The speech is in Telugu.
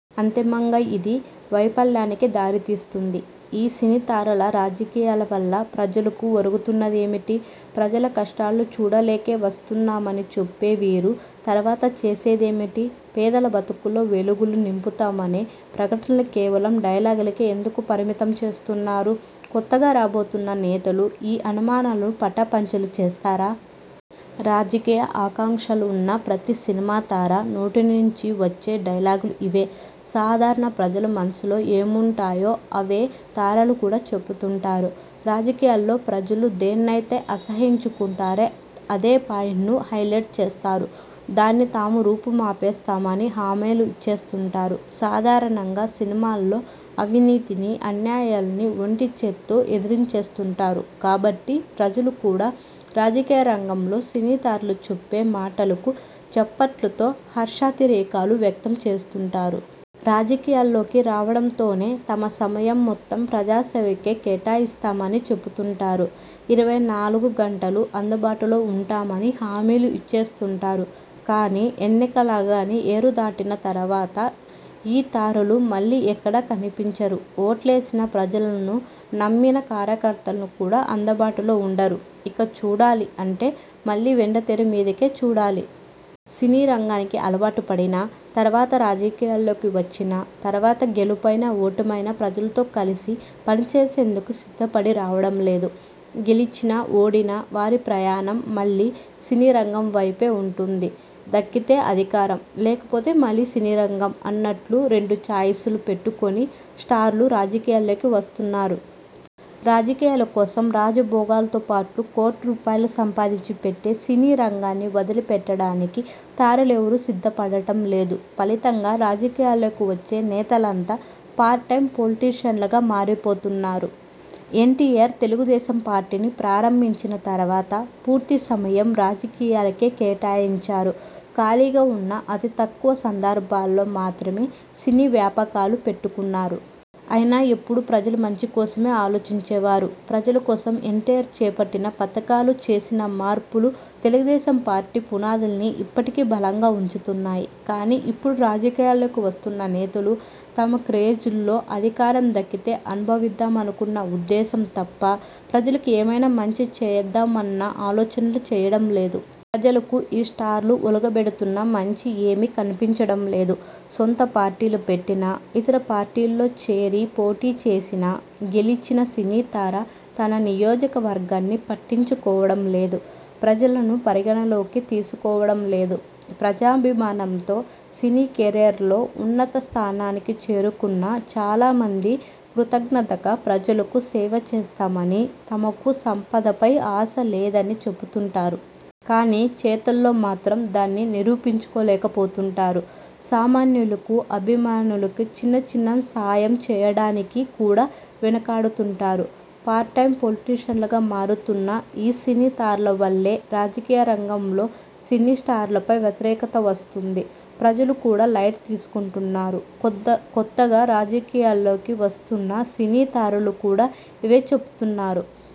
అంతిమంగా ఇది. వైఫల్యానికే దారి తీస్తోంది. ఈ సినీ తారల రాజకీయాల వల్ల ప్రజలకు ఒరుగుతున్నదేమిటి? ప్రజల కష్టాలు చూడలేకే వస్తున్నామని చెప్పే వీరు. తర్వాత చేసేదేమిటి? పేదల బతుకుల్లో వెలుగులు నింపుతామనే ప్రకటనలు కేవలం డైలాగులకే ఎందుకు పరిమితం చేస్తున్నారు? కొత్తగా రాబోతున్న నేతలు ఈ అనుమానాలను పటాపంచలు చేస్తారా? రాజకీయ ఆకాంక్షలున్న ప్రతి సినిమా తార నోటి నుంచి వచ్చే డైలాగులు ఇవే. సాధారణ ప్రజల మనసుల్లో ఏముంటాయో అవే తారలు కూడా చెబుతూంటారు. రాజకీయాల్లో ప్రజలు దేన్నైతే అసహ్యించుకుంటారో అదే పాయింట్ను హైలెట్ చేస్తారు. దాన్ని తాము రూపు మాపేస్తామని హామీలు ఇచ్చేస్తూంటారు. సాధారణంగా సినిమాల్లో అవినీతిని, అన్యాయాలను ఒంటిచేత్తో ఎదిరించేస్తూంటారు కాబట్టి ప్రజలు కూడా రాజకీయ రంగంలో సినీతారలు చెప్పే మాటలకు చప్పట్లతో హర్షాతిరేకాలు వ్యక్తం చేస్తూంటారు. రాజకీయాల్లోకి రావడంతోనే తమ సమయం మొత్తం ప్రజాసేవకే కేటాయిస్తామని చెబుతూంటారు. ఇరవై నాలుగు గంటలూ అందుబాటులో ఉంటామని హామీలు ఇచ్చేస్తూంటారు. కానీ ఎన్నికలనే ఏరు దాటిన తర్వాత ఈ తారలు మళ్లీ ఎక్కడా కనిపించరు. ఓట్లేసిన ప్రజలను నమ్మిన కార్యకర్తలకు కూడా అందబాటులో ఉండరు. ఇంక చూడాలి అంటే మళ్లీ వెండితెర మీదే చూడాలి. సినీ రంగానికి అలవాటుపడిన తర్వాత రాజకీయాల్లోకి వచ్చిన తర్వాత గెలుపైనా ఓటమైనా ప్రజలతో కలిసి పనిచేసేందుకు సిద్ధపడి రావడం లేదు. గెలిచినా, ఓడినా వారి ప్రయాణం మళ్లీ సినీ రంగం వైపే ఉంటుంది. దక్కితే అధికారం లేకపోతే మళ్లీ సినీ రంగం అన్నట్లు రెండు చాయిస్లు పెట్టుకుని స్టార్లు రాజకీయాల్లోకి వస్తున్నారు. రాజకీయాల కోసం రాజభోగాలతో పాటు కోట్ల రూపాయలు సంపాదించి పెట్టే సినీ రంగాన్ని వదిలి పెట్టడానికి తారలెవరూ సిద్ధపడటం లేదు. ఫలితంగా రాజకీయాల్లోకి వచ్చే నేతలంతా పార్ట్ టైమ్ పొలిటిషీయన్లుగా మారిపోతున్నారు. ఎన్టీఆర్ తెలుగుదేశం పార్టీని ప్రారంభించిన తర్వాత పూర్తి సమయం రాజకీయాలకే కేటాయించారు. ఖాళీగా ఉన్న అతి తక్కువ సందర్భాల్లో మాత్రమే సినీ వ్యాపకాలు పెట్టుకున్నారు. అయినా ఎప్పుడూ ప్రజల మంచి కోసమే ఆలోచించేవారు. ప్రజల కోసం ఎన్టీఆర్ చేపట్టిన పథకాలు చేసిన మార్పులు తెలుగుదేశం పార్టీ పునాదుల్నీ ఇప్పటికీ బలంగా ఉంచుతున్నాయి. కానీ ఇప్పుడు రాజకీయాల్లోకి వస్తున్న నేతలు తమ క్రేజ్లో అధికారం దక్కితే అనుభవిద్దామన్న ఉద్దేశం తప్ప ప్రజలకు ఏమైనా మంచి చేద్దామన్న ఆలోచనలు చేయడం లేదు. ప్రజలకు ఈ స్టార్లు ఒలగబెడుతున్న మంచి ఏమీ కనిపించడం లేదు. సొంత పార్టీలు పెట్టినా ఇతర పార్టీల్లో చేరి పోటీ చేసినా గెలిచిన సినీతార తన నియోజకవర్గాన్ని పట్టించుకోవడం లేదు. ప్రజలనూ పరిగణనలోకి తీసుకోవడం లేదు. ప్రజాభిమానంతో సినీ కెరీర్లో ఉన్నత స్థానానికి చేరుకున్న చాలా మంది కృతజ్ఞతగా ప్రజలకు సేవ చేస్తామని తమకు సంపదపై ఆశ లేదని చెబుతూంటారు. కానీ చేతల్లో మాత్రం దాన్ని నిరూపించలేకపోతూంటారు. సామాన్యులకు, అభిమానులకు చిన్న చిన్న సాయం చేయడానికి కూడా వెనుకాడుతూంటారు. పార్ట్ టైమ్ పొలిటిషన్లుగా మారుతున్న ఈ సినీతారల వల్లే రాజకీయ రంగంలో సినీ స్టార్లపై వ్యతిరేకత వస్తోంది. ప్రజలు కూడా లైట్ తీసుకుంటున్నారు. కొత్తగా రాజకీయాల్లోకి వస్తున్న సినీ తారలు కూడా ఇవే చెబుతున్నారు.